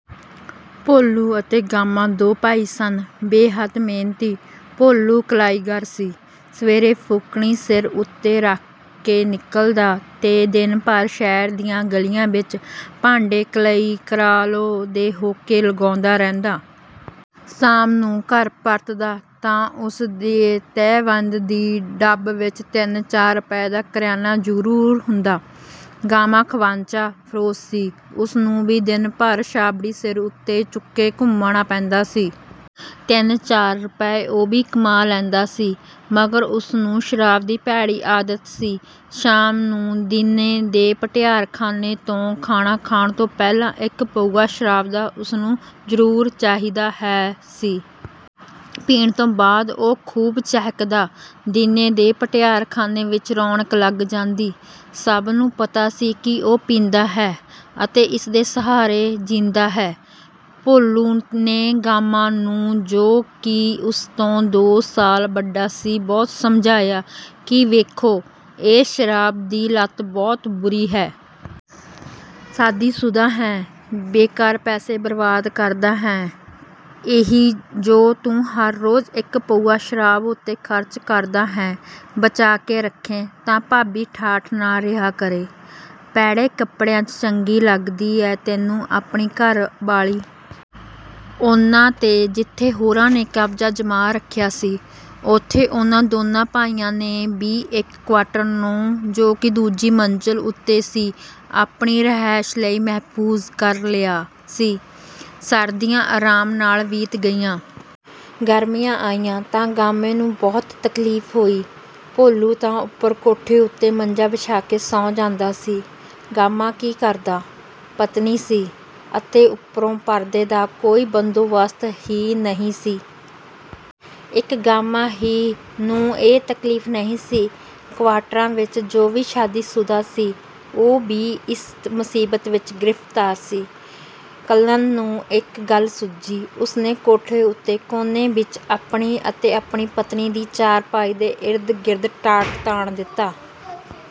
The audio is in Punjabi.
ਭੋਲੂ ਅਤੇ ਗਾਮਾ ਦੋ ਭਾਈ ਸਨ। ਬੇਹੱਦ ਮਿਹਨਤੀ। ਭੋਲੂ ਕਲਈਗਰ ਸੀ। ਸਵੇਰੇ ਫੂਕਣੀ ਸਿਰ ਉੱਤੇ ਰੱਖ ਕੇ ਨਿਕਲਦਾ ਅਤੇ ਦਿਨ ਭਰ ਸ਼ਹਿਰ ਦੀਆਂ ਗਲੀਆਂ ਵਿੱਚ "ਭਾਂਡੇ ਕਲਈ ਕਰਾ ਲਓ" ਦੇ ਹੋਕੇ ਲਗਾਉਂਦਾ ਰਹਿੰਦਾ। ਸਾਮ ਨੂੰ ਘਰ ਪਰਤਦਾ ਤਾਂ ਉਸ ਦੇ ਤਹਿਬੰਦ ਦੀ ਡੱਬ ਵਿੱਚ ਤਿੰਨ ਚਾਰ ਰੁਪਏ ਦਾ ਕਰਿਆਨਾ ਜਰੂਰ ਹੁੰਦਾ। ਗਾਮਾ ਖ਼ਵਾਂਚਾ ਫ਼ਰੋਸ਼ ਸੀ। ਉਸ ਨੂੰ ਵੀ ਦਿਨ ਭਰ ਛਾਬੜੀ ਸਿਰ ਉੱਤੇ ਚੁੱਕੇ ਘੁੰਮਣਾ ਪੈਂਦਾ ਸੀ। ਤਿੰਨ ਚਾਰ ਰੁਪਏ ਉਹ ਵੀ ਕਮਾ ਲੈਂਦਾ ਸੀ। ਮਗਰ ਉਸ ਨੂੰ ਸ਼ਰਾਬ ਦੀ ਭੈੜੀ ਆਦਤ ਸੀ। ਸ਼ਾਮ ਨੂੰ ਦੀਨੇ ਦੇ ਭਟਿਆਰਖ਼ਾਨੇ ਤੋਂ ਖਾਣਾ ਖਾਣ ਤੋਂ ਪਹਿਲਾਂ ਇੱਕ ਪਊਆ ਸ਼ਰਾਬ ਦਾ ਉਸਨੂੰ ਜ਼ਰੂਰ ਚਾਹੀਦਾ ਹੈ ਸੀ। ਪੀਣ ਤੋ ਬਾਅਦ ਉਹ ਖ਼ੂਬ ਚਹਿਕਦਾ। ਦੀਨੇ ਦੇ ਭਟਿਆਰ ਖ਼ਾਨੇ ਵਿੱਚ ਰੌਣਕ ਲੱਗ ਜਾਂਦੀ। ਸਭ ਨੂੰ ਪਤਾ ਸੀ ਕਿ ਉਹ ਪੀਂਦਾ ਹੈ ਅਤੇ ਇਸ ਦੇ ਸਹਾਰੇ ਜੀਂਦਾ ਹੈ। ਭੋਲੂ ਨੇ ਗਾਮਾ ਨੂੰ ਜੋ ਕਿ ਉਸ ਤੋਂ ਦੋ ਸਾਲ ਵੱਡਾ ਸੀ ਬਹੁਤ ਸਮਝਾਇਆ ਕਿ ਵੇਖੋ ਇਹ ਸ਼ਰਾਬ ਦੀ ਲਤ ਬਹੁਤ ਬੁਰੀ ਹੈ। ਸਾਦੀਸੂਦਾ ਹੈਂ, ਬੇਕਾਰ ਪੈਸੇ ਬਰਬਾਦ ਕਰਦਾ ਹੈਂ। ਇਹੀ ਜੋ ਤੂੰ ਹਰ ਰੋਜ ਇੱਕ ਪਊਆ ਸ਼ਰਾਬ ਉੱਤੇ ਖ਼ਰਚ ਕਰਦਾ ਹੈਂ ਬਚਾ ਕੇ ਰੱਖੇਂ ਤਾਂ ਭਾਬੀ ਠਾਠ ਨਾਲ ਰਿਹਾ ਕਰੇ। ਪੈੜੇ ਕੱਪੜਿਆਂ ਚ ਚੰਗੀ ਲੱਗਦੀ ਹੈ ਤੈਨੂੰ ਆਪਣੀ ਘਰ ਵਾਲੀ। ਉਨ੍ਹਾਂ ਤੇ ਜਿੱਥੇ ਹੋਰਾਂ ਨੇ ਕਬਜਾ ਜਮਾ ਰੱਖਿਆ ਸੀ, ਉੱਥੇ ਉਨ੍ਹਾਂ ਦੋਨੋਂ ਭਾਈਆਂ ਨੇ ਵੀ ਇੱਕ ਕੁਆਟਰ ਨੂੰ ਜੋ ਕਿ ਦੂਜੀ ਮੰਜ਼ਿਲ ਉੱਤੇ ਸੀ ਆਪਣੀ ਰਿਹਾਇਸ਼ ਲਈ ਮਹਿਫ਼ੂਜ਼ ਕਰ ਲਿਆ ਸੀ। ਸਰਦੀਆਂ ਆਰਾਮ ਨਾਲ ਬੀਤ ਗਈਆਂ। ਗਰਮੀਆਂ ਆਈਆਂ ਤਾਂ ਗਾਮੇ ਨੂੰ ਬਹੁਤ ਤਕਲੀਫ ਹੋਈ। ਭੋਲੂ ਤਾਂ ਉੱਪਰ ਕੋਠੇ ਉੱਤੇ ਮੰਜਾ ਵਿਛਾ ਕੇ ਸੌਂ ਜਾਂਦਾ ਸੀ। ਗਾਮਾ ਕੀ ਕਰਦਾ। ਪਤਨੀ ਸੀ। ਅਤੇ ਉੱਪਰੋਂ ਪਰਦੇ ਦਾ ਕੋਈ ਬੰਦੋਬਸਤ ਹੀ ਨਹੀਂ ਸੀ। ਇੱਕ ਗਾਮਾ ਹੀ ਨੂੰ ਇਹ ਤਕਲੀਫ ਨਹੀਂ ਸੀ। ਕਵਾਟਰਾਂ ਵਿੱਚ ਜੋ ਵੀ ਸ਼ਾਦੀਸ਼ੁਦਾ ਸੀ ਉਹ ਵੀ ਇਸ ਮੁਸੀਬਤ ਵਿੱਚ ਗਿਰਫਤਾਰ ਸੀ। ਕੱਲਨ ਨੂੰ ਇੱਕ ਗੱਲ ਸੁੱਝੀ। ਉਸ ਨੇ ਕੋਠੇ ਉੱਤੇ ਕੋਨੇ ਵਿੱਚ ਆਪਣੀ ਅਤੇ ਆਪਣੀ ਪਤਨੀ ਦੀ ਚਾਰਪਾਈ ਦੇ ਇਰਦ ਗਿਰਦ ਟਾਟ ਤਾਣ ਦਿੱਤਾ।